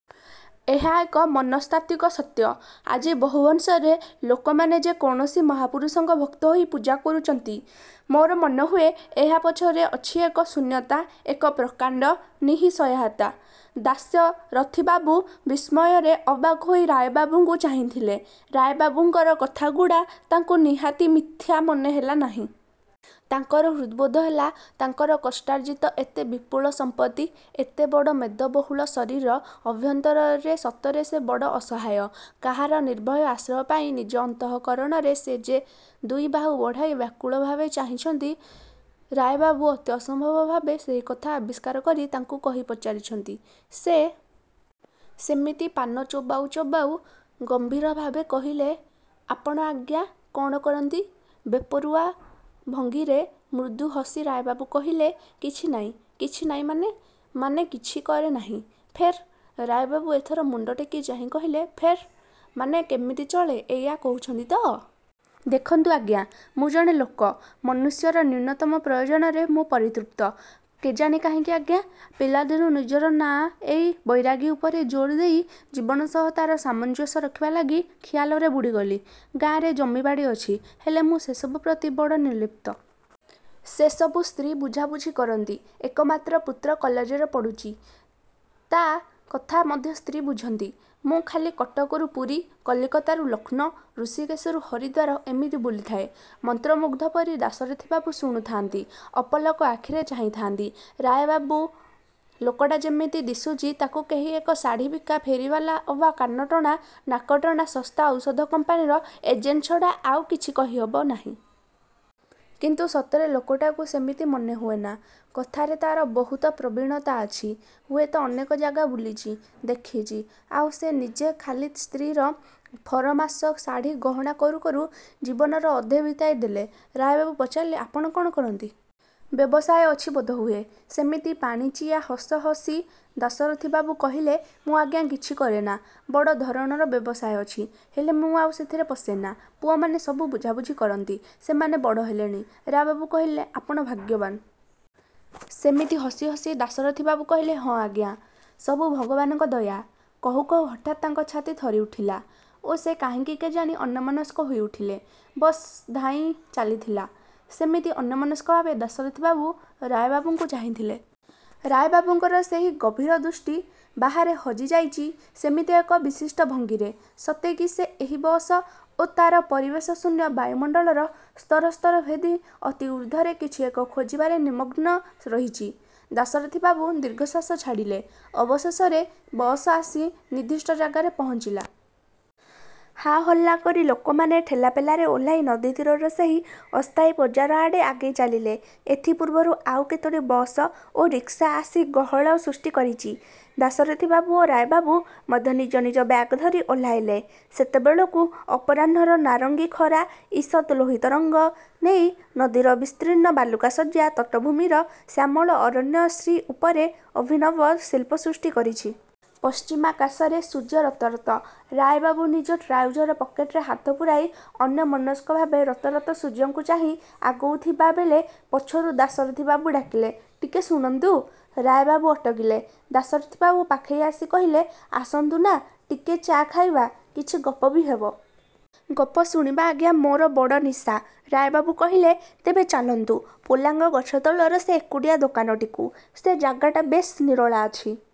"ଏହା ଏକ ମନସ୍ତାତ୍ତ୍ୱିକ ସତ୍ୟ। ଆଜି ବହୁ ଅଂଶରେ ଲୋକମାନେ ଯେ କୌଣସି ମହାପୁରୁଷଙ୍କ ଭକ୍ତ ହୋଇ ପୂଜା କରୁଚନ୍ତି। ମୋର ମନେହୁଏ, ଏହା ପଛରେ ଅଛିଏକ ଶୂନ୍ୟତା, ଏକ ପ୍ରକାଣ୍ଡ ନିଃସହାୟତା।"ଦାଶରଥିବାବୁ ବିସ୍ମୟରେ ଅବାକ୍ ହୋଇ ରାୟବାବୁଙ୍କୁ ଚାହିଁଥିଲେ। ରାୟବାବୁଙ୍କର କଥା ଗୁଡ଼ା ତାଙ୍କୁ ନିହାତି ମିଥ୍ୟା ମନେହେଲା ନାହିଁ। ତାଙ୍କର ହୃଦ୍‌ବୋଧ ହେଲା, ତାଙ୍କର କଷ୍ଟାର୍ଜିତ ଏତେ ବିପୁଳ ସମ୍ପତ୍ତି, ଏତେବଡ଼ ମେଦବହୁଳ ଶରୀର ଅଭ୍ୟନ୍ତରରେ ସତରେ ସେ ବଡ଼ ଅସହାୟ। କାହାର ନିର୍ଭୟ ଆଶ୍ରୟ ପାଇଁ ନିଜ ଅନ୍ତଃକରଣରେ ସେ ଯେ ଦୁଇବାହୁ ବଢ଼ାଇ ବ୍ୟାକୁଳ ଭାବେ ଚାହିଁଚନ୍ତି, ରାୟବାବୁ ଅତି ଅସମ୍ଭବ ଭାବେ ସେହି କଥା ଆବିଷ୍କାର କରି ତାଙ୍କୁ କହି ପକାଇଚନ୍ତି। ସେ ସେମିତି ପାନ ଚୋବାଉ ଚୋବାଉ ଗମ୍ଭୀର ଭାବେ କହିଲେ, "ଆପଣ ଆଜ୍ଞା, କ'ଣ କରନ୍ତି?"ବେପରୁଆ ଭଙ୍ଗୀରେ ମୃଦୁ ହସି ରାୟବାବୁ କହିଲେ, "କିଛି ନାଇଁ।""କିଛି ନାଇଁ ମାନେ?""ମାନେ କିଛି କରେ ନାହିଁ।""ଫେର୍?"ରାୟବାବୁ ଏଥର ମୁଣ୍ଡଟେକି ଚାହିଁ କହିଲେ, "ଫେର୍? ମାନେ କେମିତି ଚଳେ, ଏଇଆ କହୁଚନ୍ତି ତ? ଦେଖନ୍ତୁ ଆଜ୍ଞା, ମୁଁ ଜଣେ ଲୋକ, ମନୁଷ୍ୟର ନ୍ୟୁନତମ ପ୍ରୟୋଜନରେ ମୁଁ ପରିତୃପ୍ତ। କେଜାଣି କାହିଁକି ଆଜ୍ଞା, ପିଲାଦିନୁ ନିଜର ନାଁ ଏଇ 'ବୈରାଗୀ' ଉପରେ ଜୋର୍ ଦେଇ ଜୀବନ ସହ ତା'ର ସାମଞ୍ଜସ୍ୟ ରଖିବା ଲାଗି, ଖିଆଲରେ, ବୁଡ଼ିଗଲି।" "ଗାଁରେ ଜମିବାଡ଼ି ଅଛି, ହେଲେ ମୁଁ ସେସବୁ ପ୍ରତି ବଡ଼ ନିର୍ଲିପ୍ତ। ସେ ସବୁ ସ୍ତ୍ରୀ ବୁଝାବୁଝି କରନ୍ତି। ଏକମାତ୍ର ପୁତ୍ର କଲେଜରେ ପଢ଼ୁଚି, ତା' କଥା ମଧ୍ୟ ସ୍ତ୍ରୀ ବୁଝନ୍ତି। ମୁଁ ଖାଲି କଟକରୁ ପୁରୀ, କଲିକତାରୁ ଲକ୍ଷ୍ନୌ, ଋଷିକେଶରୁ ହରିଦ୍ୱାର ଏମିତି ବୁଲିଥାଏ।"ମନ୍ତ୍ରମୁଗ୍ଧ ପରି ଦାଶରଥିବାବୁ ଶୁଣୁଥାଆନ୍ତି। ଅପଲକ ଆଖିରେ ଚାହିଁଥାନ୍ତି। ରାୟବାବୁ ଲୋକଟା ଯେମିତି ଦିଶୁଚି, ତାକୁ କେହି ଏକ ଶାଢ଼ୀ ବିକା ଫେରିବାଲା ଅବା କାନଟଣା, ନାକଟଣା ଶସ୍ତା ଔଷଧ କମ୍ପାନୀର ଏଜେଣ୍ଟ ଛଡ଼ା ଆଉ କିଛି କହିହବ ନାହିଁ। କିନ୍ତୁ ସତରେ ଲୋକଟାକୁ ସେମିତି ମନେ ହୁଏନା। କଥାରେ ତାର ବହୁତ ପ୍ରବୀଣତା ଅଛି। ହୁଏତ ଅନେକ ଜାଗା ବୁଲିଚି, ଦେଖିଚି, ଆଉ ସେ ନିଜେ ଖାଲି ସ୍ତ୍ରୀର ଫରମାସ ଶାଢ଼ି ଗହଣା କରୁ କରୁ ଜୀବନର ଅଧେ ବିତାଇ ଦେଲେ। ରାୟବାବୁ ପଚାରିଲେ, "ଆପଣ କ'ଣ କରନ୍ତି? ବ୍ୟବସାୟ ଅଛି ବୋଧହୁଏ?" ସେମିତି ପାଣିଚିଆ ହସ ହସି ଦାଶରଥିବାବୁ କହିଲେ, "ମୁଁ ଆଜ୍ଞା କିଛି କରେନା। ବଡ଼ ଧରଣର ବ୍ୟବସାୟ ଅଛି, ହେଲେ ମୁଁ ଆଉ ସେଥିରେ ପଶେନା। ପୁଅମାନେ ସବୁ ବୁଝାବୁଝି କରନ୍ତି। ସେମାନେ ବଡ଼ ହେଲେଣି।" ରାୟବାବୁ କହିଲେ, "ଆପଣ ଭାଗ୍ୟବାନ୍।" ସେମିତି ହସି ହସି ଦାଶରଥିବାବୁ କହିଲେ, "ହଁ ଆଜ୍ଞା। ସବୁ ଭଗବାନଙ୍କ ଦୟା।" କହୁ କହୁ ହଠାତ୍ ତାଙ୍କ ଛାତି ଥରି ଉଠିଲା ଓ ସେ କାହିଁକି କେଜାଣି ଅନ୍ୟମନସ୍କ ହୋଇ ଉଠିଲେ। ବସ ଧାଇଁ ଚାଲିଥିଲା। ସେମିତି ଅନ୍ୟମନସ୍କ ଭାବେ ଦାଶରଥିବାବୁ ରାୟବାବୁଙ୍କୁ ଚାହିଁଥିଲେ। ରାୟବାବୁଙ୍କର ସେହି ଗଭୀର ଦୃଷ୍ଟି, ବାହାରେ ହଜିଯାଇଚି ସେମିତି ଏକ ବିଶିଷ୍ଟ ଭଙ୍ଗୀରେ; ସତେକି ସେ ଏହି ବସ ଓ ତାର ପରିବେଶ, ଶୂନ୍ୟ ବାୟୁମଣ୍ଡଳର ସ୍ତରସ୍ତର ଭେଦି ଅତି ଊର୍ଦ୍ଧ୍ଵରେ କିଛି ଏକ ଖୋଜିବାରେ ନିମଗ୍ନ ରହିଚି। ଦାଶରଥିବାବୁ ଦୀର୍ଘଶ୍ୱାସ ଛାଡ଼ିଲେ। ଅବଶେଷରେ ବସ ଆସି ନିର୍ଦ୍ଦିଷ୍ଟ ଜାଗାରେ ପହଞ୍ଚିଲା। ହାହଲ୍ଲା କରି ଲୋକମାନେ ଠେଲାପେଲାରେ ଓହ୍ଲାଇ ନଦୀ ତୀରର ସେହି ଅସ୍ଥାୟୀ ବଜାର ଆଡ଼େ ଆଗେଇ ଚାଲିଲେ। ଏଥିପୂର୍ବରୁ ଆଉ କେତୋଟି ବସ ଓ ରିକ୍ସା ଆସି ଗହଳ ସୃଷ୍ଟି କରିଚି। ଦାଶରଥିବାବୁ ଓ ରାୟବାବୁ ମଧ୍ୟ ନିଜ ନିଜ ବ୍ୟାଗ ଧରି ଓହ୍ଲାଇଲେ। ସେତେବେଳକୁ ଅପରାହ୍ନର ନାରଙ୍ଗୀ ଖରା, ଈଷତ୍ ଲୋହିତ ରଙ୍ଗ ନେଇ ନଦୀର ବିସ୍ତୀର୍ଣ୍ଣ ବାଲୁକା ଶଯ୍ୟା, ତଟଭୂମିର ଶ୍ୟାମଳ ଅରଣ୍ୟ ଶ୍ରୀଉପରେ ଅଭିନବ ଶିଳ୍ପ ସୃଷ୍ଟି କରିଛି। ପଶ୍ଚିମାକାଶରେ ସୂର୍ଯ୍ୟ ରତରତ। ରାୟବାବୁ ନିଜ ଟ୍ରାଉଜର ପକେଟରେ ହାତପୁରାଇ, ଅନ୍ୟମନସ୍କ ଭାବେ ରତରତ ସୂର୍ଯ୍ୟଙ୍କୁ ଚାହିଁ ଆଗୋଉଥିବା ବେଳେ, ପଛରୁ ଦାଶରଥିବାବୁ ଡାକିଲେ, "ଟିକେ ଶୁଣନ୍ତୁ।" ରାୟବାବୁ ଅଟକିଲେ। ଦାଶରଥିବାବୁ ପାଖେଇ ଆସି କହିଲେ, "ଆସନ୍ତୁ ନା, ଟିକେ ଚା' ଖାଇବା। କିଛି ଗପ ବି ହେବ। ଗପ ଶୁଣିବା ଆଜ୍ଞା ମୋର ବଡ଼ ନିଶା।"ରାୟବାବୁ କହିଲେ, "ତେବେ ଚାଲନ୍ତୁ, ପୋଲାଙ୍ଗ ଗଛ ତଳର ସେ ଏକୁଟିଆ ଦୋକାନଟିକୁ। ସେ ଜାଗାଟା ବେଶ୍ ନିରୋଳା ଅଛି।"